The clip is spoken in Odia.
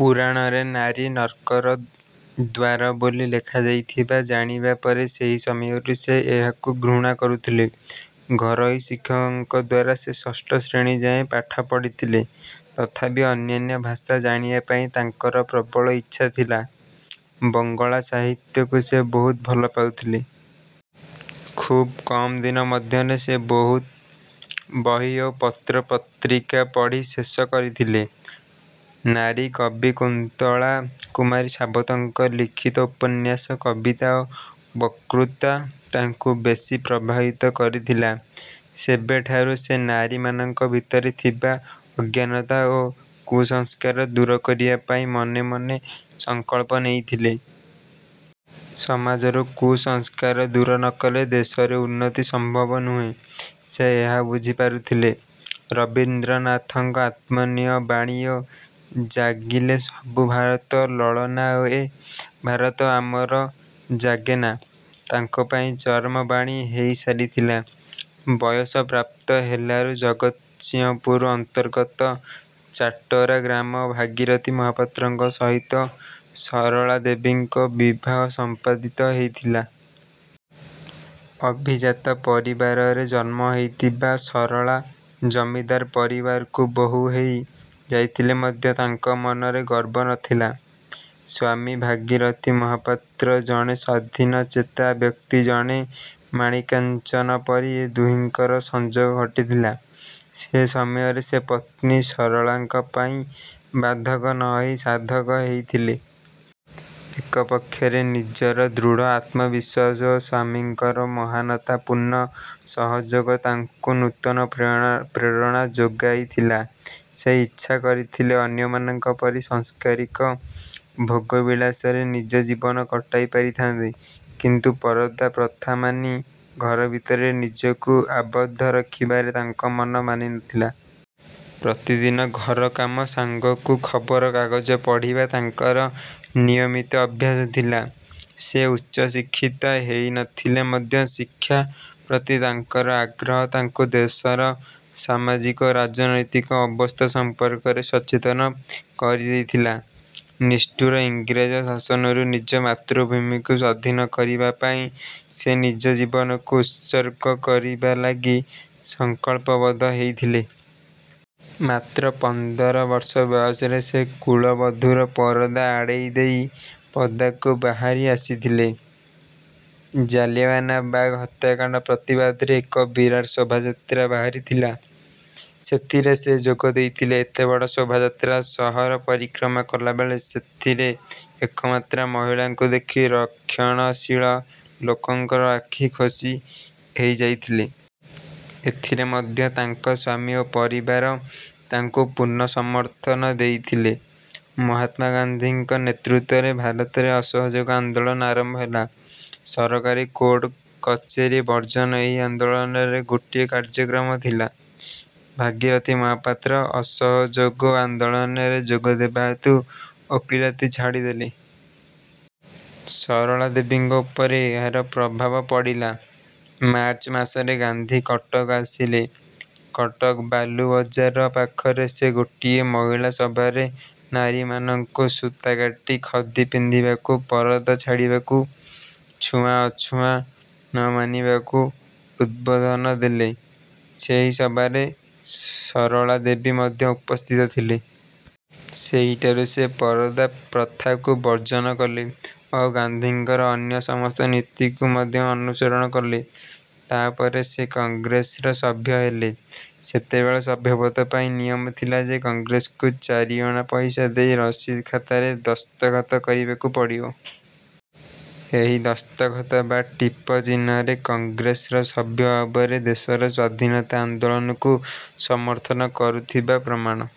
ପୁରାଣରେ ନାରୀ ନର୍କର ଦ୍ୱାର ବୋଲି ଲେଖାଯାଥିବା ଜାଣିବା ପରେ ସେହି ସମୟରୁ ସେ ଏହାକୁ ଘୃଣା କରୁଥିଲେ। ଘରୋଇ ଶିକ୍ଷକଙ୍କଦ୍ୱାରା ସେ ଷଷ୍ଠ ଶ୍ରେଣୀ ଯାଏଁ ପାଠ ପଢିଥିଲେ। ତଥାପି ଅନ୍ୟାନ୍ୟ ଭାଷା ଜାଣିବା ପାଇଁ ତାଙ୍କର ପ୍ରବଳ ଇଛା ଥିଲା। ବଙ୍ଗଳା ସାହିତ୍ୟକୁ ସେ ବହୁତ୍ ଭଲ ପାଉଥିଲେ। ଖୁବ୍ କମ୍ ଦିନ ମଧ୍ୟରେ ସେ ବହୁତ୍ ବହି ଓ ପତ୍ର ପତ୍ରିକା ପଢି ଶେଷ କରିଥିଲେ। ନାରୀ କବି କୁନ୍ତଳା କୁମାରୀ ସାବତଙ୍କ ଲିଖିତ ଉପନ୍ୟାସ, କବିତା ଓ ବତ୍କୃତା ତାଙ୍କୁ ବେଶି ପ୍ରଭାବିତ କରିଥିଲା। ସେବେଠାରୁ ସେ ନାରୀ ମାନଙ୍କ ଭିତରେ ଥିବା ଅଜ୍ଞାନତା ଓ କୁସଂସ୍କାର ଦୂର କରିବା ପାଇଁ ମନେ ମନେ ସଂକଳ୍ପ ନେଇଥିଲେ। ସମାଜରୁ କୁସଂସ୍କାର ଦୂର ନକଲେ ଦେଶର ଉନ୍ନତି ସମ୍ଭବ ନୁହେଁ, ସେ ଏହା ବୁଝିପାରିଥିଲେ। ରବୀନ୍ଦ୍ରନାଥଙ୍କ ଅମୀୟ ବାଣୀ ନ ଜାଗିଲେ ସବୁ ଭାରତ ଲଳନା, ଏ ଭାରତ ଆମର ଜାଗେନା ତାଙ୍କ ପାଇଁ ଚରମ ବାଣୀ ହୋଇସାରିଥିଲା। ବୟସ ପ୍ରାପ୍ତ ହେଲାରୁ, ଜଗତସିଂହପୁର ଅନ୍ତର୍ଗତ ଚାଟରା ଗ୍ରାମର ଭାଗୀରଥି ମହାପାତ୍ରଙ୍କ ସହିତ ସରଳା ଦେବୀଙ୍କର ବିବାହ ସମ୍ପାଦିତ ହୋଇଥିଲା। ଅଭିଜାତ ପରିବାରରେ ଜନ୍ମ ହୋଇଥିବା ସରଳା, ଜମିଦାର ପରିବାରକୁ ବୋହୁ ହୋଇ ଯାଇଥିଲେ ମଧ୍ୟ ତାଙ୍କ ମନରେ ଗର୍ବ ନଥିଲା। ସ୍ୱାମୀ ଭାଗିରଥି ମହାପାତ୍ର ଜଣେ ସ୍ୱାଧୀନଚେତା ବ୍ୟକ୍ତି ଥିଲେ। ମଣିକାଞ୍ଚନ ପରି ଏ ଦୁହିଁଙ୍କର ସଂଯୋଗ ଘଟିଥିଲା। ସେ ସମୟରେ ସେ ପତ୍ନୀ ସରଳାଙ୍କ ପାଇଁ ବାଧକ ନହୋଇ ସାଧକ ହୋଇଥିଲେ। ଏକ ପକ୍ଷରେ ନିଜର ଦୃଢ଼ ଆତ୍ମବିଶ୍ୱାସ ଓ ସ୍ୱାମୀଙ୍କର ମହାନତା ପୂର୍ଣ୍ଣ ସହଯୋଗ ତାଙ୍କୁ ନୂତନ ପ୍ରେ ପ୍ରେରଣା ଯୋଗାଇଥିଲା। ସେ ଇଛା କରିଥିଲେ ଅନ୍ୟମାନଙ୍କ ପରି ସାଂସାରିକ ଭୋଗ ବିଳାସରେ ନିଜ ଜୀବନ କଟାଇପାରିଥାନ୍ତେ, କିନ୍ତୁ ପରଦା ପ୍ରଥା ମାନି ଘର ଭିତରେ ନିଜକୁ ଆବଦ୍ଧ ରଖିବାରେ ତାଙ୍କ ମନ ମାନି ନଥିଲା। ପ୍ରତିଦିନ ଘର କାମ ସାଙ୍ଗକୁ ଖବରକାଗଜ ପଢ଼ିବା ତାଙ୍କର ନିୟମିତ ଅଭ୍ୟାସ ଥିଲା। ସେ ଉଚ୍ଚଶିକ୍ଷିତା ହୋଇନଥିଲେ ମଧ୍ୟ ଶିକ୍ଷା ପ୍ରତି ତାଙ୍କର ଆଗ୍ରହ ତାଙ୍କୁ ଦେଶର ସାମାଜିକ ଓ ରାଜନୈତିକ ଅବସ୍ଥା ସମ୍ପର୍କରେ ସଚେତନ କରିଦେଇଥିଲା। ନିଷ୍ଠୁର ଇଂରେଜ ଶାସନରୁ ନିଜ ମାତୃଭୂମିକୁ ସ୍ୱାଧୀନ କରିବା ପାଇଁ ସେ ନିଜ ଜୀବନକୁ ଉତ୍ସର୍ଗ କରିବାଲାଗି ସଂକଳ୍ପବଦ୍ଧ ହୋଇଥିଲେ। ମାତ୍ର ପନ୍ଦର ବର୍ଷ ବୟସରେ ସେ କୁଳବଧୂର ପରଦା ଆଡେଇ ଦେଇ ପଦାକୁ ବାହାରି ଆସିଥିଲେ। ଜଳିଆନାୱାଲାବାଗ୍ ହତ୍ୟାକାଣ୍ଡ ପ୍ରତିବାଦରେ ଏକ ବିରାଟ ଶୋଭାଯାତ୍ରା ବାହାରିଥିଲା। ସେଥିରେ ସେ ଯୋଗଦେଇଥିଲେ। ଏତେ ବଡ଼ ଶୋଭାଯାତ୍ରା ସହର ପରିକ୍ରମା କଲାବେଳେ ସେଥିରେ ଏକମାତ୍ର ମହିଳାଙ୍କୁ ଦେଖି ରକ୍ଷଣଶୀଳ ଲୋକଙ୍କର ଆଖି ଖୋସି ହୋଇଯାଇଥିଲା। ଏଥିରେ ମଧ୍ୟ ତାଙ୍କ ସ୍ୱାମୀ ଓ ପରିବାର ତାଙ୍କୁ ପୂର୍ଣ୍ଣ ସମର୍ଥନ ଦେଇଥିଲେ। ମହାତ୍ମା ଗାନ୍ଧୀଙ୍କ ନେତୃତ୍ୱରେ ଭାରତରେ ଅସହଯୋଗ ଆନ୍ଦୋଳନ ଆରମ୍ଭ ହେଲା। ସରକାରୀ କୋର୍ଟ କଚେରୀ ବର୍ଜନ ଏହି ଆନ୍ଦୋଳନରେ ଗୋଟିଏ କାର୍ଯ୍ୟକ୍ରମ ଥିଲା। ଭାଗିରଥି ମହାପାତ୍ର ଅସହଯୋଗ ଆନ୍ଦୋଳନରେ ଯୋଗ ଦେବା ହେତୁ ଓକିଲାତି ଛାଡି ଦେଲେ। ସରଳା ଦେବୀଙ୍କ ଉପରେ ଏହାର ପ୍ରଭାବ ପଡ଼ିଲା। ମାର୍ଚ୍ଚ ମାସରେ ଗାନ୍ଧୀ କଟକ ଆସିଲେ। କଟକ ବାଲୁବଜାର ପାଖରେ ସେ ଗୋଟିଏ ମହିଳା ସଭାରେ ନାରୀ ମାନଙ୍କୁ ସୂତା କାଟି ଖଦି ପିନ୍ଧିବାକୁ, ପରଦା ଛାଡିବାକୁ, ଛୁଆଁ ଅଛୁଆଁ ନମାନିବାକୁ ଉଦ୍ୱୋଧନ ଦେଲେ। ସେହି ସଭାରେ ସରଳା ଦେବୀ ମଧ୍ୟ ଉପସ୍ଥିତ ଥିଲେ। ସେହିଠାରୁ ସେ ପରଦା ପ୍ରଥାକୁ ବର୍ଜନ କଲେ ଓ ଗାନ୍ଧୀଙ୍କର ଅନ୍ୟ ସମସ୍ତ ନୀତିକୁ ମଧ୍ୟ ଅନୁସରଣ କଲେ। ତା ପରେ ସେ କଂଗ୍ରେସର ସଭ୍ୟା ହେଲେ। ସେତେବେଳେ ସଭ୍ୟପଦ ପାଇଁ ନିୟମ ଥିଲା ଯେ, କଂଗ୍ରେସକୁ ଚାରିଅଣା ପଇସା ଦେଇ ରସିଦ୍ ଖାତାରେ ଦସ୍ତଖତ କରିବାକୁ ପଡିବ। ଏହି ଦସ୍ତଖତ ବା ଟିପ ଚିହ୍ନ କଂଗ୍ରେସର ସଭ୍ୟ ଭାବରେ ଦେଶର ସ୍ୱାଧୀନତା ଆନ୍ଦୋଳନକୁ ସମର୍ଥନ କରୁଥିବାର ପ୍ରମାଣ